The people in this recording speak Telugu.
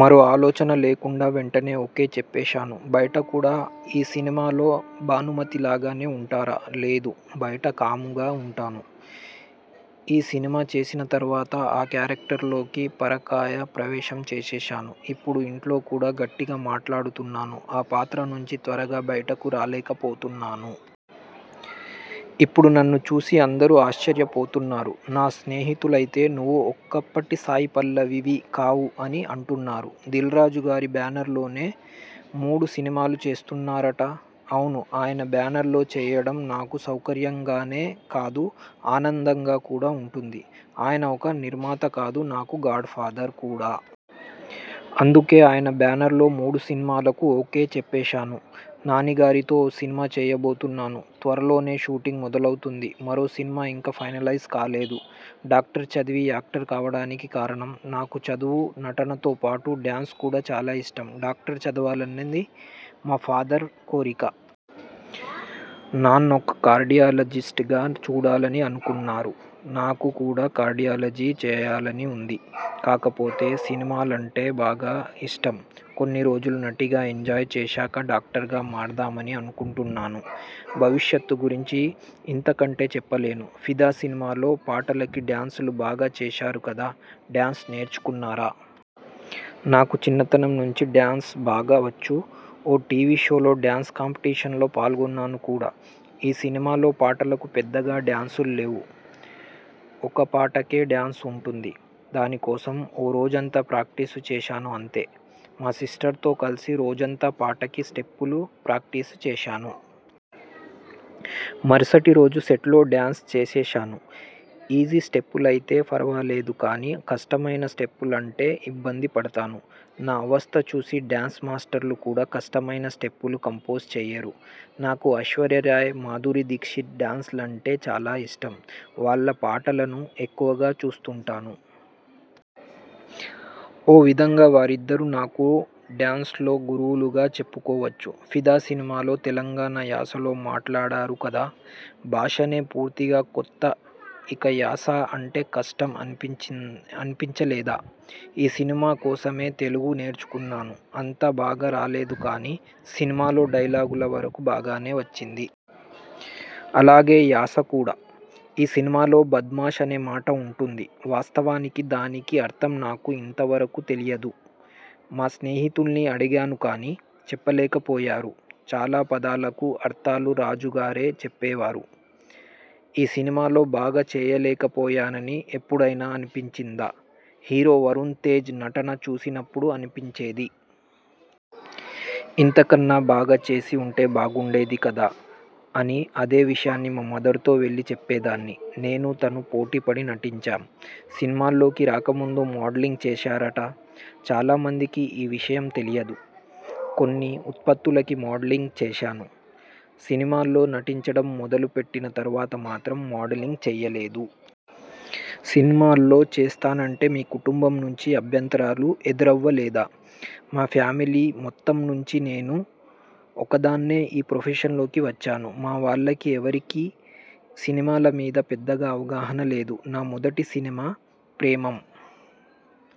మరో ఆలోచన లేకుండా వెంటనే ఓకే చెప్పేశాను. బయట కూడా ఈ సినిమాలో భానుమతిలాగానే ఉంటారా? లేదు. బయట కామ్గా ఉంటాను. ఈ సినిమా చేసిన తరువాత ఆ క్యారెక్టర్లోకి పరకాయ ప్రవేశం చేసేశాను. ఇప్పుడు ఇంట్లో కూడా గట్టిగా మాట్లాడుతున్నాను. ఆ పాత్ర నుంచి త్వరగా బయటకు రాలేకపోతున్నాను. ఇప్పుడు నన్ను చూసి అందరూ ఆశ్చర్యపోతున్నారు. నా స్నేహితులైతే నువ్వు ఒకప్పటి సాయిపల్లవివి కావు అని అంటున్నారు. దిల్రాజుగారి బ్యానర్లోనే మూడు సినిమాలు చేస్తున్నారట? అవును. ఆయన బ్యానర్లో చేయడం నాకు సౌకర్యంగానే కాదు ఆనందంగా కూడా ఉంటుంది. ఆయన ఒక నిర్మాత కాదు, నాకు గాడ్ఫాదర్ కూడా! అందుకే ఆయన బ్యానర్లో మూడు సినిమాలకు ఓకే చెప్పేశాను. నానిగారితో ఓ సినిమా చేయబోతున్నాను. త్వరలోనే షూటింగ్ మొదలవుతుంది. మరో సినిమా ఇంకా ఫైనలైజ్ కాలేదు. డాక్టర్ చదివి యాక్టర్ కావడానికి కారణం? నాకు చదువు, నటనతో పాటు, డ్యాన్స్ కూడా చాలా ఇష్టం. డాక్టర్ చదవాలన్నది మా ఫాదర్ కోరిక. నన్నొక కార్డియాలజిస్ట్గా చూడాలని అనుకున్నారు. నాకు కూడా కార్డియాలజీ చేయాలని ఉంది. కాకపోతే సినిమాలంటే బాగా ఇష్టం. కొన్ని రోజులు నటిగా ఎంజాయ్ చేశాక డాక్టర్గా మారదామని అనుకుంటున్నాను. భవిష్యత్తు గురించి ఇంతకంటే చెప్పలేను. 'ఫిదా' సినిమాలో పాటలకి డ్యాన్సులు బాగా చేశారు కదా డ్యాన్స్ నేర్చుకున్నారా? నాకు చిన్నతనం నుంచి డ్యాన్స్ బాగా వచ్చు. ఓ టీవీ షోలో డ్యాన్స్ కాంపీటీషన్లో పాల్గొన్నాను కూడా. ఈ సినిమాలో పాటలకు పెద్దగా డ్యాన్స్లు లేవు. ఒక్కపాటకే డ్యాన్స్ ఉంటుంది. దాని కోసం ఓ రోజంతా ప్రాక్టీసు చేశాను అంతే! మా సిస్టర్తో కలిసి రోజంతా పాటకి స్టెప్పులు ప్రాక్టీసు చేశాను. మరుసటిరోజు సెట్లో డ్యాన్స్ చేసేశాను. ఈజీ స్టెప్పులయితే ఫరవాలేదు కానీ, కష్టమైన స్టెప్పులంటే ఇబ్బంది పడతాను. నా అవస్థ చూసి డ్యాన్స్ మాస్టర్లు కూడా కష్టమైన స్టెప్పులు కంపోజ్ చేయరు. నాకు ఐశ్వర్యారాయ్, మాధురి దీక్షిత్ డ్యాన్స్లంటే చాలా ఇష్టం. వాళ్ళ పాటలను ఎక్కువగా చూస్తుంటాను. ఓ విధంగా వారిద్దరూ నాకు డ్యాన్స్లో గురువులుగా చెప్పుకోవచ్చు. 'ఫిదా' సినిమాలో తెలంగాణ యాసలో మాట్లాడారు కదా! భాషనే పూర్తిగా కొత్త ఇక యాస అంటే కష్టం అనిపించలేదా? ఈ సినిమా కోసమే తెలుగు నేర్చుకున్నాను. అంత బాగా రాలేదు కానీ, సినిమాలో డైలాగుల వరకూ బాగానే వచ్చింది. అలాగే యాస కూడా! ఈ సినిమాలో 'బద్మాష్' అనే మాట ఉంటుంది. వాస్తవానికి దానికి అర్థం నాకు ఇంత వరకూ తెలియదు. మా స్నేహితుల్ని అడిగాను కానీ, చెప్పలేకపోయారు. చాలా పదాలకు అర్థాలు రాజుగారే చెప్పేవారు. ఈ సినిమాలో బాగా చేయలేకపోయానని ఎప్పుడైనా అనిపించిందా? హీరో వరుణ్తేజ్ నటన చూసినప్పుడు అనిపించేది. ఇంతకన్నా బాగా చేసి ఉంటే బాగుండేది కదా! అని అదే విషయం మా మదర్తో వెళ్ళి చెప్పేదాన్ని. నేనూ తను పోటీ పడి నటించాం. సినిమాల్లోకి రాకముందు మోడలింగ్ చేశారట? చాలామందికి ఈ విషయం తెలియదు. కొన్ని ఉత్పత్తులకి మోడలింగ్ చేశాను. సినిమాల్లో నటించడం మొదలు పెట్టిన తరువాత మాత్రం మోడలింగ్ చేయలేదు. సినిమాల్లో చేస్తానంటే మీ కుటుంబం నుంచి అభ్యంతరాలు ఎదురవ్వలేదా? మా ఫ్యామిలీ మొత్తం నుంచి నేను ఒక్కదాన్నే ఈ ప్రొఫెషన్లోకి వచ్చాను. మా వాళ్ళకి ఎవరికీ సినిమాల మీద పెద్దగా అవగాహన లేదు. నా మొదటి సినిమా 'ప్రేమమ్'